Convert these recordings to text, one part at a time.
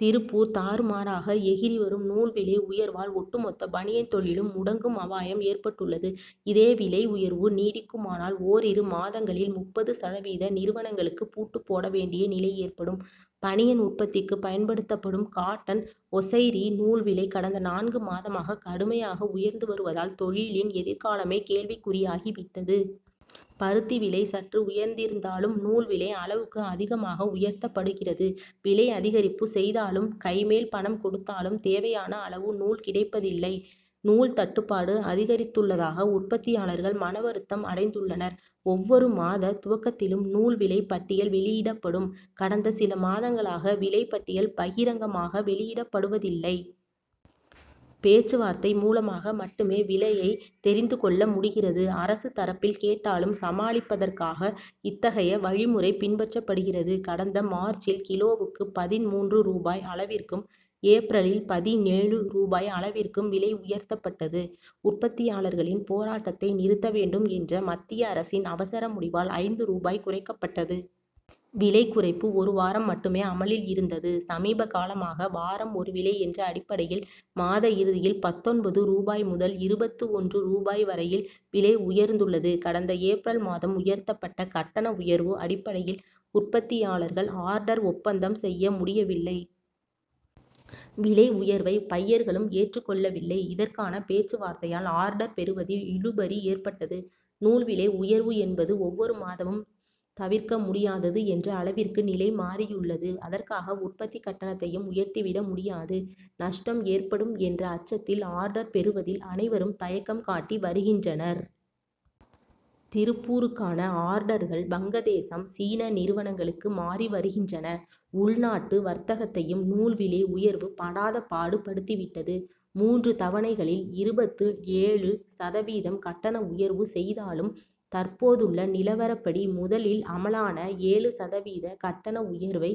திருப்பூர் தாறுமாறாக எகிறி வரும் நூல் விலை உயர்வால், ஒட்டுமொத்த பனியன் தொழிலும் முடங்கும் அபாயம் ஏற்பட்டுள்ளது. இதேவிலை உயர்வு நீடிக்குமானால், ஓரிரு மாதங்களில், முப்பது சதவீத நிறுவனங்களுக்கு பூட்டுப்போட வேண்டிய நிலை ஏற்படும். பனியன் உற்பத்திக்கு பயன்படுத்தும், காட்டன் ஒசைரி நூல் விலை கடந்த நான்கு மாதமாக கடுமையாக உயர்ந்து வருவதால், தொழிலின் எதிர்காலமே கேள்விக்குறியாகி விட்டது. பருத்தி விலை சற்று உயர்ந்திருந்தாலும், நூல் விலை அளவுக்கு அதிகமாக உயர்த்தப்படுகிறது. விலை அதிகரிப்பு செய்தாலும், கைமேல் பணம் கொடுத்தாலும், தேவையான அளவு நூல் கிடைப்பதில்லை. நூல் தட்டுப்பாடு அதிகரித்துள்ளதாக உற்பத்தியாளர்கள் மனவருத்தம் அடைந்துள்ளனர். ஒவ்வொரு மாத துவக்கத்திலும் நூல் விலை பட்டியல் வெளியிடப்படும். கடந்த சிலமாதங்களாக, விலை பட்டியல் பகிரங்கமாக வெளியிடப்படுவதில்லை. பேச்சுவார்த்தை மூலமாக மட்டுமே விலையை தெரிந்துகொள்ள முடிகிறது. அரசு தரப்பில் கேட்டாலும், சமாளிப்பதற்காக இத்தகைய வழிமுறை பின்பற்றப்படுகிறது. கடந்த மார்ச்சில், கிலோவுக்கு பதின்மூன்று ரூபாய் அளவிற்கும், ஏப்ரலில் பதினேழு ரூபாய் அளவிற்கும் விலை உயர்த்தப்பட்டது. உற்பத்தியாளர்களின் போராட்டத்தை நிறுத்த வேண்டும் என்ற மத்திய அரசின் அவசர முடிவால், ஐந்து ரூபாய் குறைக்கப்பட்டது. விலை குறைப்பு ஒருவாரம் மட்டுமே அமலில் இருந்தது. சமீபகாலமாக, வாரம் ஒருவிலை என்ற அடிப்படையில், மாத இறுதியில், பத்தொன்பது ரூபாய் முதல் இருபத்து ஒன்று ரூபாய் வரையில் விலை உயர்ந்துள்ளது. கடந்த ஏப்ரல் மாதம் உயர்த்தப்பட்ட கட்டண உயர்வு அடிப்படையில், உற்பத்தியாளர்கள் ஆர்டர் ஒப்பந்தம் செய்ய முடியவில்லை. விலை உயர்வை பையர்களும் ஏற்றுக்கொள்ளவில்லை. இதற்கான பேச்சுவார்த்தையால், ஆர்டர் பெறுவதில் இழுபறி ஏற்பட்டது. நூல் விலை உயர்வு என்பது ஒவ்வொரு மாதமும் தவிர்க்க முடியாதது என்ற அளவிற்கு நிலை மாறியுள்ளது. அதற்காக, உற்பத்தி கட்டணத்தையும் உயர்த்திவிட முடியாது. நஷ்டம் ஏற்படும் என்ற அச்சத்தில், ஆர்டர் பெறுவதில் அனைவரும் தயக்கம் காட்டி வருகின்றனர். திருப்பூருக்கான ஆர்டர்கள், வங்கதேசம், சீன நிறுவனங்களுக்கு மாறிவருகின்றன. உள்நாட்டு வர்த்தகத்தையும், நூல் விலை உயர்வு படாதபாடு படுத்திவிட்டது. மூன்று தவணைகளில், இருபத்து ஏழு சதவீதம் கட்டண உயர்வு செய்தாலும், தற்போதுள்ள நிலவரப்படி முதலில் அமலான ஏழு சதவீத கட்டண உயர்வை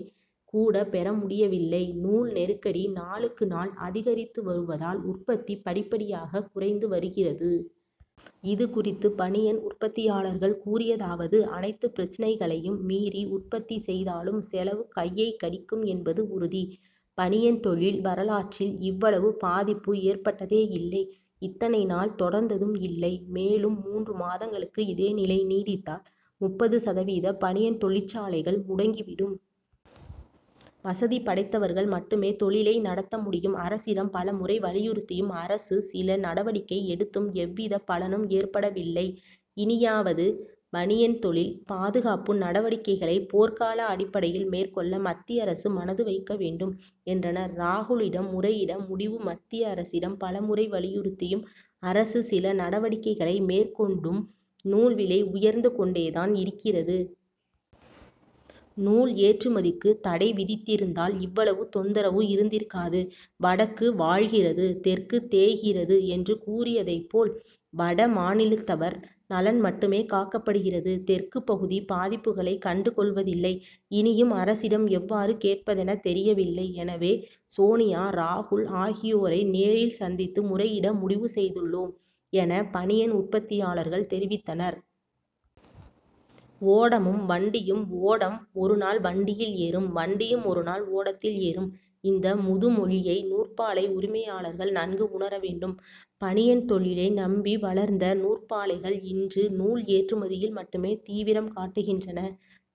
கூட பெறமுடியவில்லை. நூல்நெருக்கடி நாளுக்கு நாள் அதிகரித்து வருவதால் உற்பத்தி படிப்படியாக குறைந்து வருகிறது. இதுகுறித்து பனியன் உற்பத்தியாளர்கள் கூறியதாவது அனைத்து பிரச்னைகளையும் மீறி உற்பத்தி செய்தாலும், செலவு கையை கடிக்கும் என்பது உறுதி. பனியன் தொழில் வரலாற்றில், இவ்வளவு பாதிப்பு ஏற்பட்டதே இல்லை; இத்தனை நாள் தொடர்ந்ததும் இல்லை. மேலும் மூன்று மாதங்களுக்கு இதேநிலை நீடித்தால், முப்பது சதவீத பனியன் தொழிற்சாலைகள் முடங்கிவிடும். வசதிபடைத்தவர்கள் மட்டுமே தொழிலை நடத்த முடியும். அரசிடம் பலமுறை வலியுறுத்தியும், அரசு சில நடவடிக்கை எடுத்தும் எவ்வித பலனும் ஏற்படவில்லை. இனியாவது பனியன் தொழில் பாதுகாப்பு நடவடிக்கைகளை போர்க்கால அடிப்படையில் மேற்கொள்ள, மத்திய அரசு மனது வைக்க வேண்டும், என்றனர். ராகுலிடம் முறையிட முடிவு மத்திய அரசிடம் பலமுறை வலியுறுத்தியும், அரசு சில நடவடிக்கைகளை மேற்கொண்டும் நூல் விலை உயர்ந்துகொண்டே தான் இருக்கிறது. நூல் ஏற்றுமதிக்கு தடைவிதித்திருந்தால், இவ்வளவு தொந்தரவு இருந்திருக்காது. "வடக்கு வாழ்கிறது தெற்கு தேய்கிறது' என்று கூறியதை போல், வடமாநிலத்தவர் நலன் மட்டுமே காக்கப்படுகிறது. தெற்குப்பகுதி பாதிப்புகளை கண்டுகொள்வதில்லை. இனியும் அரசிடம் எவ்வாறு கேட்பதென தெரியவில்லை. எனவே, சோனியா, ராகுல் ஆகியோரை நேரில் சந்தித்து முறையிட முடிவு செய்துள்ளோம் என, பனியன் உற்பத்தியாளர்கள் தெரிவித்தனர். ஓடமும், வண்டியும் ஓடம் ஓருநாள் வண்டியில் ஏறும். வண்டியும் ஓருநாள் ஓடத்தில் ஏறும்' இந்த முதுமொழியை நூற்பாலை உரிமையாளர்கள் நன்கு உணரவேண்டும். பனியன் தொழிலை நம்பி வளர்ந்த நூற்பாலைகள் இன்று, நூல் ஏற்றுமதியில் மட்டுமே தீவிரம் காட்டுகின்றன;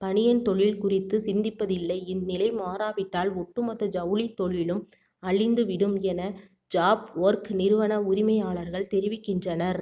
பனியன் தொழில் குறித்து சிந்திப்பதில்லை. இந்நிலை மாறாவிட்டால், ஒட்டுமொத்த ஜவுளித்தொழிலும் அழிந்துவிடும் என, ஜாப் ஒர்க் நிறுவன உரிமையாளர்கள் தெரிவிக்கின்றனர்.